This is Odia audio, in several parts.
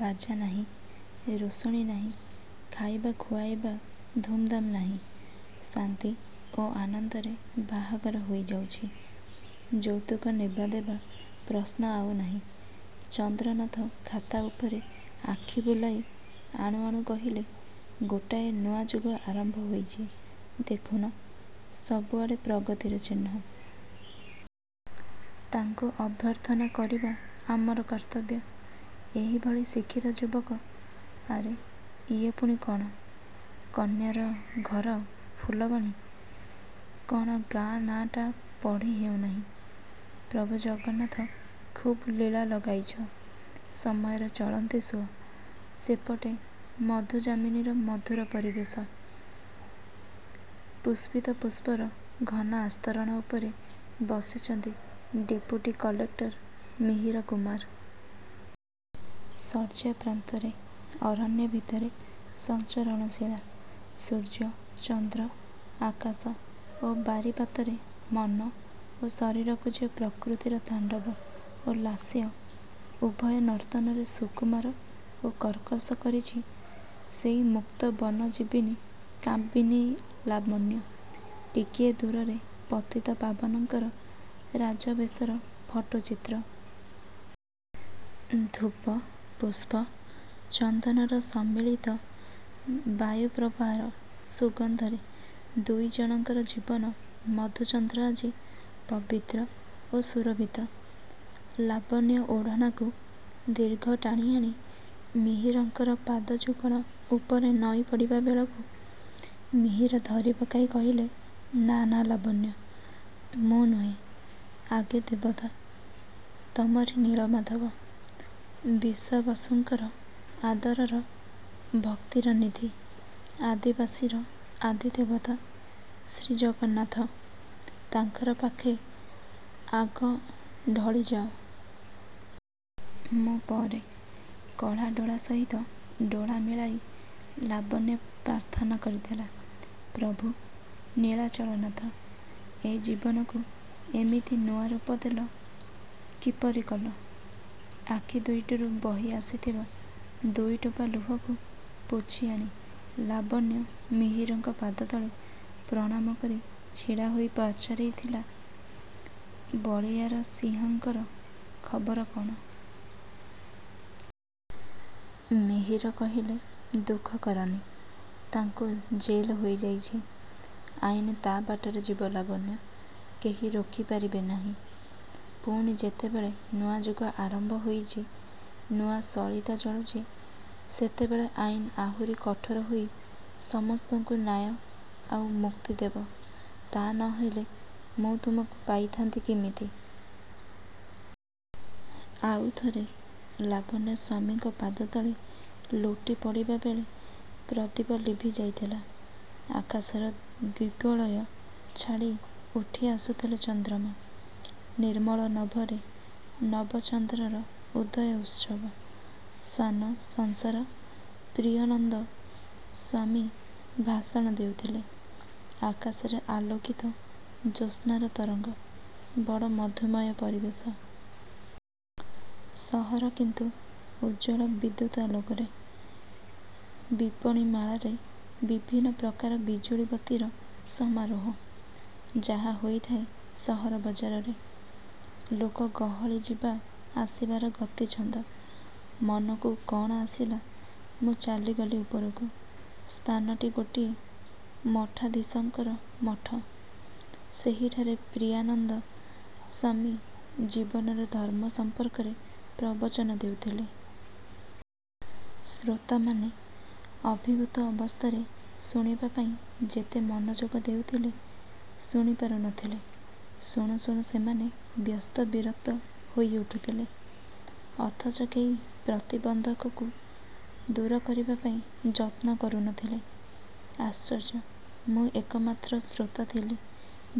ବାଜା ନାହିଁ, ରୋଷଣୀ ନାହିଁ, ଖାଇବା ଖୁଆଇବା ଧୁମ୍ ଧାମ୍ ନାହିଁ, ଶାନ୍ତି ଓ ଆନନ୍ଦରେ ବାହାଘର ହୋଇଯାଉଛି। ଯୌତୁକ ନେବା ଦେବା ପ୍ରଶ୍ନ ଆଉ ନାହିଁ। ଚନ୍ଦ୍ରନାଥ ଖାତା ଉପରେ ଆଖି ବୁଲାଇ ଆଣୁ ଆଣୁ କହିଲେ-ଗୋଟାଏ ନୂଆ ଯୁଗ ଆରମ୍ଭ ହୋଇଛି। ଦେଖୁନ, ସବୁଆଡ଼େ ପ୍ରଗତିର ଚିହ୍ନ... ତାଙ୍କୁ ଅଭ୍ୟର୍ଥନା କରିବା ଆମର କର୍ତ୍ତବ୍ୟ। ଏହିଭଳି ଶିକ୍ଷିତ ଯୁବକ... ଆରେ ଇଏ ପୁଣି କଅଣ? କନ୍ୟାର ଘର ଫୁଲବାଣୀ, କଅଣ ଗାଁ ନାଁଟା ପଢ଼ିହେଉନାହିଁ। ପ୍ରଭୁ ଜଗନ୍ନାଥ! ଖୁବ୍ ଲୀଳା ଲଗାଇଛ!! ସମୟର ଚଳନ୍ତି ସୁଅ। ସେପଟେ ମଧୁଯାମିନୀର ମଧୁର ପରିବେଶ। ପୁଷ୍ପିତ ପୁଷ୍ପର ଘନ ଆସ୍ତରଣ ଉପରେ ବସିଛନ୍ତି ଡେପୁଟି କଲେକ୍ଟର ମିହିରକୁମାର। ଶଯ୍ୟାପ୍ରାନ୍ତରେ ଅରଣ୍ୟ ଭିତରେ ସଞ୍ଚରଣଶୀଳା ସୂର୍ଯ୍ୟ, ଚନ୍ଦ୍ର, ଆକାଶ ଓ ବାରିପାତରେ ମନ ଓ ଶରୀରକୁ ଯେ ପ୍ରକୃତିର ତାଣ୍ଡବ ଓ ଲାସ୍ୟ ଉଭୟ ନର୍ତ୍ତନରେ ସୁକୁମାର ଓ କର୍କଶ କରିଛି ସେଇ ମୁକ୍ତ ବନଜୀବିନୀ କାମିନୀ ଲାବଣ୍ୟ। ଟିକିଏ ଦୂରରେ ପତିତପାବନଙ୍କର ରାଜବେଶର ଫଟୋଚିତ୍ର। ଧୂପ, ପୁଷ୍ପ, ଚନ୍ଦନର ସମ୍ମିଳିତ ବାୟୁପ୍ରବାହର ସୁଗନ୍ଧରେ ଦୁଇଜଣଙ୍କର ଜୀବନ ମଧୁଚନ୍ଦ୍ର ଆଜି ପବିତ୍ର ଓ ସୁରଭିତ। ଲାବଣ୍ୟ ଓଢ଼ଣାକୁ ଦୀର୍ଘ ଟାଣିଆଣି ମିହିରଙ୍କର ପାଦଯୁଗଳ ଉପରେ ନଇଁପଡ଼ିବା ବେଳକୁ ମିହିର ଧରି ପକାଇ କହିଲେ-ନାଁ, ନାଁ ଲାବଣ୍ୟ, ମୁଁ ନୁହେଁ, ଆଗେ ଦେବତା। ତମରି ନୀଳମାଧବ, ବିଶ୍ଵାବସୁଙ୍କର ଆଦରର, ଭକ୍ତିର ନିଧି, ଆଦିବାସୀର ଆଦିଦେବତା ଶ୍ରୀଜଗନ୍ନାଥ, ତାଙ୍କର ପାଖେ ଆଗ ଢଳିଯାଅ। ମୁଁ ପରେ। କଳାଡ଼ୋଳା ସହିତ ଡୋଳା ମିଳାଇ ଲାବଣ୍ୟ ପ୍ରାର୍ଥନା କରିଥିଲା-ପ୍ରଭୁ ନୀଳାଚଳ ନାଥ, ଏ ଜୀବନକୁ ଏମିତି ନୂଆରୂପ ଦେଲ? କିପରି କଲ? ଆଖି ଦୁଇଟିରୁ ବହି ଆସିଥିବା ଦୁଇ ଟୋପା ଲୁହକୁ ପୋଛି ଆଣି ଲାବଣ୍ୟ ମିହିରଙ୍କ ପାଦତଳେ ପ୍ରଣାମକରି ଛିଡ଼ାହୋଇ ପଚାରିଥିଲା- ବଳିୟାର ସିଂହଙ୍କର ଖବର କଅଣ? ମିହିର କହିଲେ-ଦୁଃଖ କରନି, ତାଙ୍କୁ ଜେଲ୍ ହୋଇଯାଇଛି। ଆଇନ୍ ତା ବାଟରେ ଯିବ ଲାବଣ୍ୟ, କେହି ରୋକି ପାରିବେନାହିଁ। ପୁଣି ଯେତେବେଳେ ନୂଆଯୁଗ ଆରମ୍ଭ ହୋଇଛି, ନୂଆ ସଳିତା ଜଳୁଛି, ସେତେବେଳେ ଆଇନ୍ ଆହୁରି କଠୋର ହୋଇ ସମସ୍ତଙ୍କୁ ନ୍ୟାୟ ଆଉ ମୁକ୍ତି ଦେବ-। ତା ନ ହେଲେ ମୁଁ ତମକୁ ପାଇଥାନ୍ତି କିମିତି? ଆଉ ଥରେ ଲାବଣ୍ୟ ସ୍ଵାମୀଙ୍କ ପାଦତଳେ ଲୋଟି ପଡ଼ିବାବେଳେ ପ୍ରଦୀପ ଲିଭିଯାଇଥିଲା। ଆକାଶର ଦିଗ୍ବଳୟ ଛାଡ଼ି ଉଠିଆସୁଥିଲେ ଚନ୍ଦ୍ରମା। ନିର୍ମଳ ନଭରେ ନବ ଚନ୍ଦ୍ରର ଉଦୟ ଉତ୍ସବ। ଶ୍ଵାନ ସଂସ୍କାର ପ୍ରିୟାନନ୍ଦ ସ୍ଵାମୀ ଭାଷଣ ଦେଉଥିଲେ। ଆକାଶରେ ଆଲୋକିତ ଜ୍ୟୋସ୍ନାର ତରଙ୍ଗ। ବଡ଼ ମଧୁମୟ ପରିବେଶ। ସହର କିନ୍ତୁ ଉଜ୍ଜ୍ଵଳ ବିଦ୍ୟୁତ୍ ଆଲୋକରେ। ବିପଣିମାଳାରେ ବିଭିନ୍ନ ପ୍ରକାର ବିଜୁଳିବତୀର ସମାରୋହ। ଯାହା ହୋଇଥାଏ ସହର ବଜାରରେ। ଲୋକ ଗହଳି ଯିବା ଆସିବାର ଗତିଛନ୍ଦ। ମନକୁ କଅଣ ଆସିଲା, ମୁଁ ଚାଲିଗଲି ଉପରକୁ। ସ୍ଥାନଟି ଗୋଟିଏ ମଠାଧୀଶଙ୍କର ମଠ-। ସେହିଠାରେ ପ୍ରିୟାନନ୍ଦ ସ୍ଵାମୀ 'ଜୀବନରେ ଧର୍ମ' ସମ୍ପର୍କରେ ପ୍ରବଚନ ଦେଉଥିଲେ। ଶ୍ରୋତାମାନେ ଅଭିଭୂତ ଅବସ୍ଥାରେ ଶୁଣିବାପାଇଁ ଯେତେ ମନୋଯୋଗ ଦେଉଥିଲେ, ଶୁଣିପାରୁ ନଥିଲେ। ଶୁଣୁ ଶୁଣୁ ସେମାନେ ବ୍ୟସ୍ତ ବିରକ୍ତ ହୋଇ ଉଠୁଥିଲେ। ଅଥଚ କେହି ପ୍ରତିବନ୍ଧକକୁ ଦୂର କରିବାପାଇଁ ଯତ୍ନ କରୁନଥିଲେ। ଆଶ୍ଚର୍ଯ୍ୟ... ମୁଁ ଏକମାତ୍ର ଶ୍ରୋତା ଥିଲି,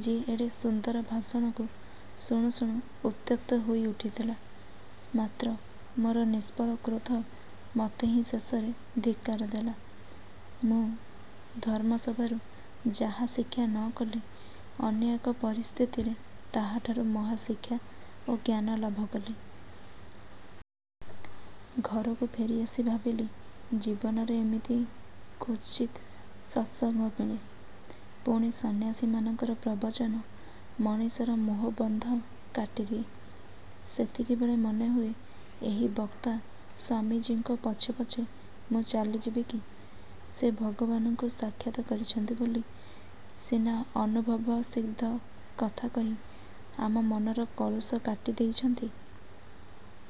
ଯିଏ ଏଡ଼େ ସୁନ୍ଦର ଭାଷଣକୁ ଶୁଣୁ ଶୁଣୁ ଉତ୍ତ୍ୟକ୍ତ ହୋଇଉଠିଥିଲା; ମାତ୍ର ମୋର ନିଷ୍ଫଳ କ୍ରୋଧ ମତେ ହିଁ ଶେଷରେ ଧିକ୍କାର ଦେଲା, ମୁଁ ଧର୍ମସଭାରୁ ଯାହା ଶିକ୍ଷା ନ କଲି, ଅନ୍ୟ ଏକ ପରିସ୍ଥିତିରେ ତାହାଠାରୁ ମହାଶିକ୍ଷା ଓ ଜ୍ଞାନ ଲାଭକଲି। ଘରକୁ ଫେରିଆସି ଭାବିଲି, ଜୀବନରେ ଏମିତି କ୍ଵଚିତ୍ ସତ୍ସଙ୍ଗ ମିଳେ। ପୁଣି ସନ୍ନ୍ୟାସୀମାନଙ୍କର ପ୍ରବଚନ ମଣିଷର ମୋହବନ୍ଧ କାଟିଦିଏ, ସେତିକିବେଳେ ମନେହୁଏ ଏହି ବକ୍ତା ସ୍ଵାମୀଜୀଙ୍କ ପଛେ ପଛେ ମୁଁ ଚାଲିଯିବି କି? ସେ ଭଗବାନଙ୍କୁ ସାକ୍ଷାତ୍ କରିଛନ୍ତି ବୋଲି ସିନା ଅନୁଭବସିଦ୍ଧ କଥା କହି ଆମ ମନର କଳୁଷ କାଟିଦେଇଛନ୍ତି।